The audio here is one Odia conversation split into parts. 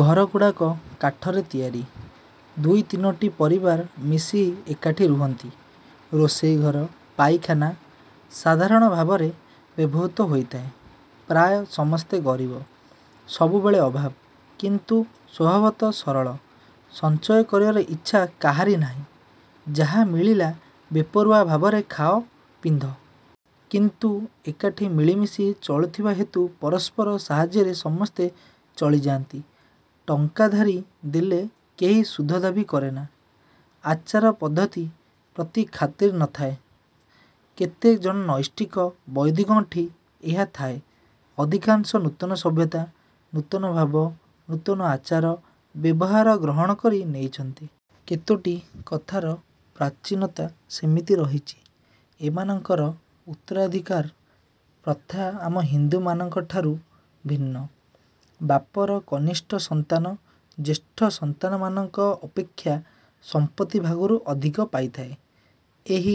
ଘରଗୁଡ଼ିକ କାଠରେ ତିଆରି। ଦୁଇ ତିନୋଟି ପରିବାର ମିଶି ଏକାଠି ରୁହନ୍ତି। ରୋଷେଇ ଘର, ପାଇଖାନା ସାଧାରଣ ଭାବରେ ବ୍ୟବହୃତ ହୋଇଥାଏ। ପ୍ରାୟ ସମସ୍ତେ ଗରିବ। ସବୁବେଳେ ଅଭାବ। କିନ୍ତୁ ସ୍ୱଭାବତଃ ସରଳ। ସଞ୍ଚୟ କରିବାର ଇଚ୍ଛା କାହାରି ନାହିଁ। ଯାହା ମିଳିଲା ବେପରୁଆ ଭାବରେ ଖାଅ, ପିନ୍ଧ। କିନ୍ତୁ ଏକାଠି ମିଳିମିଶି ଚଳୁଥିବା ହେତୁ ପରସ୍ପର ସାହାଯ୍ୟରେ ସମସ୍ତେ ଚଳିଯାଆନ୍ତି। ଟଙ୍କା ଧାରି ଦେଲେ କେହି ସୁଧ ଦାବୀ କରେନା। ଆଚାର ପଦ୍ଧତି ପ୍ରତି ଖାତିରି ନ ଥାଏ। କେତେ ଜଣ ନୈଷ୍ଠିକ ବୌଦ୍ଧଙ୍କଠି ଏହା ଥାଏ। ଅଧିକାଂଶ ନୂତନ ସଭ୍ୟତା, ନୂତନ ଭାବ, ନୂତନ ଆଚାର, ବ୍ୟବହାର ଗ୍ରହଣ କରି ନେଇଛନ୍ତି। କେତୋଟି କଥାରେ ପ୍ରାଚୀନତା ସେମିତି ରହିଛି। ଏମାନଙ୍କର ଉତ୍ତରାଧୀକାର ପ୍ରଥା ଆମ ହିନ୍ଦୁଙ୍କଠାରୁ ଭିନ୍ନ। ବାପର କନିଷ୍ଠ ସନ୍ତାନ ଜ୍ୟେଷ୍ଠ ସନ୍ତାନମାନଙ୍କ ଅପେକ୍ଷା ସମ୍ପତ୍ତି ଭାଗରୁ ଅଧିକ ପାଇଥାଏ। ଏହି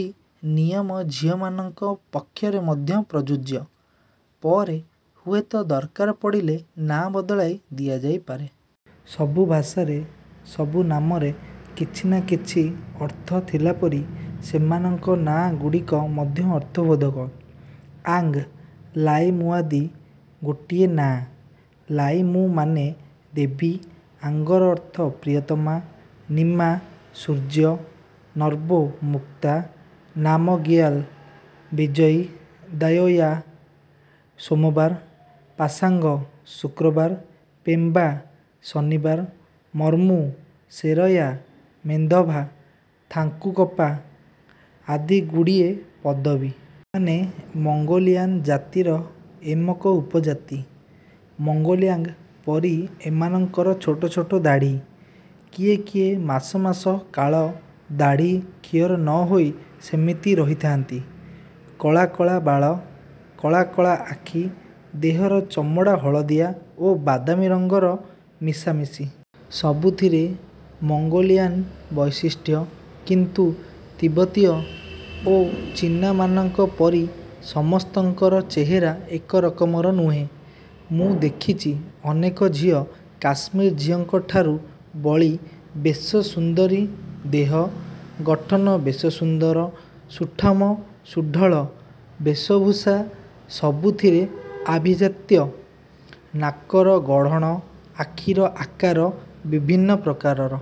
ନିୟମ ଝିଅମାନଙ୍କ ପକ୍ଷରେ ମଧ୍ୟ ପ୍ରଯୁଜ୍ୟ। ପରେ ହୁଏତ ଦରକାର ପଡ଼ିଲେ ନା ବଦଳାଇ ଦିଆଯାଇପାରେ। ସବୁ ଭାଷାରେ, ସବୁ ନାମରେ କିଛି ନା କିଛି ଅର୍ଥ ଥିଲାପରି ସେମାନଙ୍କ ନାଁ ଗୁଡ଼ିକ ମଧ୍ୟ ଅର୍ଥବୋଧକ। ଆଙ୍ଗ୍, ଲାଇମୁଆଦି ଗୋଟିଏ ନାଆଁ। ଲାଇମୁମାନେ ଦେବୀ–ଆଙ୍ଗ ଅର୍ଥ ପ୍ରିୟତମ, ନିମା–ସୂର୍ଯ୍ୟ, ନର୍ବୋ–ମୁକ୍ତା, ନାମଗିୟାଲ–ବିଜୟୀ, ଦାଓୟା–ସୋମବାର, ପାସାଙ୍ଗ–ଶୁକ୍ରବାର, ପେମ୍ବା–ଶନିବାର; ମର୍ମୁ, ଶେରାୟ, ମେନ୍ଦଭା, ଥାନ୍ତୁକପା ଆଦି ଗୁଡ଼ିଏ ପଦବୀ। ଏମାନେ ମଙ୍ଗୋଲିଆନ୍ ଜାତିର ଏମକ ଉପଜାତି। ମଙ୍ଗୋଲିଆନ୍ଙ୍କ ପରି ଏମାନଙ୍କର ଛୋଟ ଛୋଟ ଦାଢ଼ୀ। କିଏ କିଏ ମାସ ମାସ କାଳ ଦାଢ଼ୀ କ୍ଷିଅର ନ ହୋଇ ସେମିତି ରହିଥାଆନ୍ତି। କଳା କଳା ବାଳ। କଳା କଳା ଆଖି। ଦେହର ଚମଡ଼ା ହଳଦିଆ ଓ ବାଦାମୀ ରଙ୍ଗର ମିଶାମିଶି। ସବୁଥିରେ ମଙ୍ଗୋଲିଆନ୍ ବୈଶିଷ୍ଟ୍ୟ, କିନ୍ତୁ ତିବ୍ବତୀୟ ଓ ଚୀନାମାନଙ୍କ ପରି ସମସ୍ତଙ୍କର ଚେହେରା ଏକରକମର ନୁହେଁ। ମୁଁ ଦେଖଚି ଅନେକ ଝିଅ କାଶ୍ମିରୀ ଝିଅଙ୍କଠାରୁ ବଳି ବେଶ ସୁନ୍ଦରୀ-ଦେହ ଗଠନ ବେଶ ସୁନ୍ଦର, ସୁଠାମ, ସୁଢ଼ଳ। ବେଶଭୂଷା ସବୁଥିରେ ଆଭିଜାତ୍ୟ। ନାକର ଗଢ଼ଣ, ଆଖିର ଆକାର ବିଭିନ୍ନ ପ୍ରକାରର।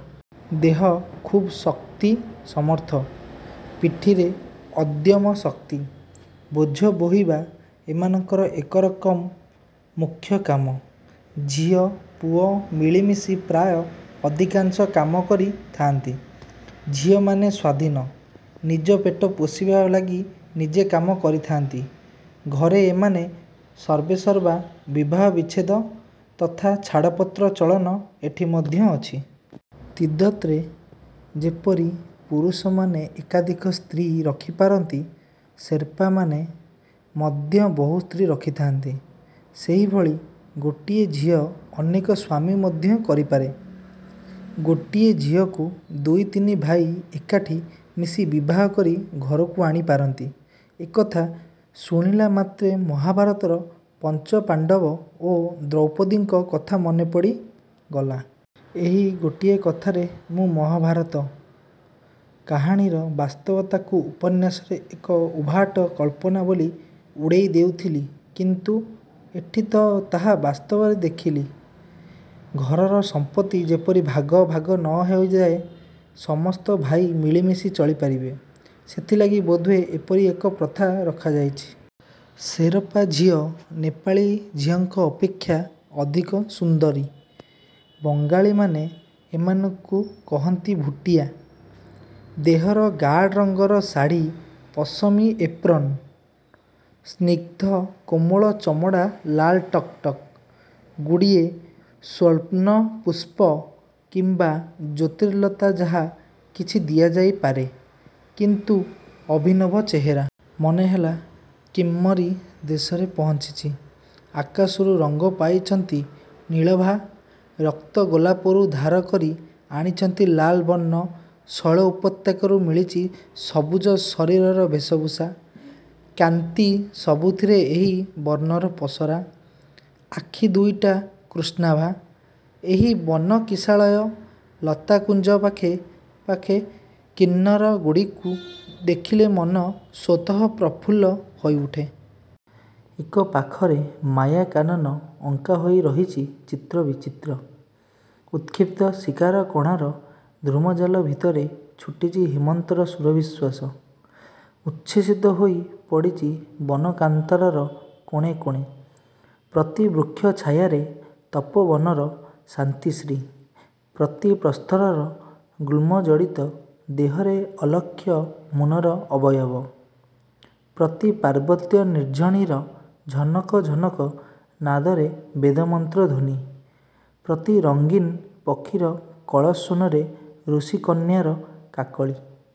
ଦେହ ଖୁବ୍ ଶକ୍ତି ସମର୍ଥ। ପିଠିରେ ଅଦମ୍ୟ ଶକ୍ତି। ବୋଝ ବୋହିବା ଏମାନଙ୍କର ଏକରକମ ମୁଖ୍ୟକାମ। ଝିଅ ପୁଅ ମିଳିମିଶି ପ୍ରାୟ ଅଧିକାଂଶ କାମ କରି ଥାଆନ୍ତି। ଝିଅମାନେ ସ୍ୱାଧୀନ। ନିଜ ପେଟ ପୋଷିବା ଲାଗି ନିଜେ କାମ କରିଥାଆନ୍ତି। ଘରେ ଏମାନେ ସର୍ବେସର୍ବା, ବିବାହ ବିଚ୍ଛେଦ ତଥା ଛାଡ଼ପତ୍ର ଚଳନ ଏଠି ମଧ୍ୟ ଅଛି। ତିବ୍ଦତରେ ଯେପରି ପୁରୁଷମାନେ ଏକାଧିକ ସ୍ତ୍ରୀ ରଖିପାରନ୍ତି, ସେର୍ପାମାନେ ମଧ୍ୟ ବହୁ ସ୍ତ୍ରୀ ରଖିଥାଆନ୍ତି। ସେଇଭଳି ଗୋଟିଏ ଝିଅ ଅନେକ ସ୍ୱାମୀ ମଧ୍ୟ କରିପାରେ। ଗୋଟିଏ ଝିଅକୁ ଦୁଇ ତିନି ଭାଇ ଏକାଠି ମିଶି ବିବାହ କରି ଘରକୁ ଆଣିପାରନ୍ତି। ଏକଥା ଶୁଣିଲାମାତ୍ରେ ମହାଭାରତର ପଞ୍ଚପାଣ୍ତବ ଓ ଦ୍ରୌପଦୀଙ୍କ କଥା ମନେ ପଡ଼ିଗଲା। ଏହି ଗୋଟିଏ କଥାରେ ମୁଁ ମହାଭାରତ। କାହାଣୀର ବାସ୍ତବତାକୁ ଉପନ୍ୟାସର ଏକ ଉଦ୍ଭାଟ କଳ୍ପନା ବୋଲି ଉଡ଼େଇ ଦେଉଥିଲି କିନ୍ତୁ ଏଠି ତ ତାହା ବାସ୍ତବ ଦେଖିଲି। ଘରର ସମ୍ପତ୍ତି ଯେପରି ଭାଗ ଭାଗ ନ ହୋଇଯାଏ, ସମସ୍ତ ଭାଇ ମିଳିମିଶି ଚଳି ପାରିବେ, ସେଥିଲାଗି ବୋଧହୁଏ ଏପରି ଏକ ପ୍ରଥା ରଖାଯାଇଛି। ସେରପା ଝିଅ ନେପାଳୀ ଝିଅଙ୍କ ଅପେକ୍ଷା ଅଧିକ ସୁନ୍ଦରୀ। ବଙ୍ଗାଳୀମାନେ ଏମାନଙ୍କୁ କହନ୍ତି ଭୁଟିଆ। ଦେହରେ ଗାଢ଼ ରଙ୍ଗର ଶାଢ଼ି ପଶମୀ 'ଏପ୍ରନ'। ସ୍ନିଗ୍ଧ କୋମଳ ଚମଡ଼ା ଲାଲ ଟକ ଟକ। ଗୁଡ଼ିଏ ସ୍ୱର୍ଣ୍ଣପୁଷ୍ପ କିମ୍ୱା ଜ୍ୟୋତିର୍ଲତା ଯାହା କିଛି ଦିଆଯାଇପାରେ। କିନ୍ତୁ ଅଭିନବ ଚେହେରା। ମନେ ହେଲା କିନ୍ମରୀ ଦେଶରେ ପହଞ୍ଚିଛି। ଆକାଶରୁ ରଙ୍ଗ ପାଇଛନ୍ତି ନୀଳାଭ ରକ୍ତଗୋଲାପରୁ ଧାର କରି ଆଣିଛନ୍ତି ଲାଲବର୍ଣ୍ଣ, ଶୈଳ ଉପତ୍ୟକାରୁ ମିଳିଚି ସବୁଜ ଶରୀରର ବେଶଭୂଷା, କାନ୍ତି ସବୁଥିରେ ଏହି ବର୍ଣ୍ଣର ପସରା। ଆଖି ଦୁଇଟିରେ କୃଷ୍ଣାଭା। ଏହି ବନ କିଶାଳୟ, ଲତାକୁଞ୍ଜ ପାଖେ ପାଖେ କିନ୍ନରୀଗୁଡ଼ିକୁ ଦେଖିଲେ ମନ ସ୍ୱତଃ ପ୍ରଫୁଲ୍ଲ ହୋଇଉଠେ। ଏକ ପାଖରେ ମାୟା କାନନ ଅଙ୍କା ହୋଇ ରହିଛି–ଚିତ୍ର ବୈଚିତ୍ର୍ୟ। ଉତ୍କ୍ଷିପ୍ତ ଶିକରକଣାର ଧୂମ୍ରଜାଲ ଭିତରେ ଛୁଟିଛି ହେମନ୍ତର ସୁରଭିଶ୍ୱାସ–ଉଚ୍ଛ୍ୱସିତ ହୋଇ ପଡ଼ିଚି ବନ କାନ୍ତାରର କୋଣେ କୋଣେ। ପ୍ରତି ବୃକ୍ଷ ଛାୟାରେ ତପୋବନର ଶାନ୍ତିଶ୍ରୀ: ପ୍ରତି ପ୍ରସ୍ତରର ଗୁଳ୍ମଜଡ଼ିତ ଦେହରେ ଅଲକ୍ଷ୍ୟ ମୁନିର ଅବୟବ; ପ୍ରତି ପାର୍ବତ୍ୟ ନିର୍ଝରଣୀର ଝନକ ଝନକ ନାଦରେ ବେଦମନ୍ତ୍ର ଧ୍ୱନି; ପ୍ରତି ରଙ୍ଗୀନ ପକ୍ଷୀର କଳସ୍ୱନରେ ଋଷିକନ୍ୟାର କାକଳୀ।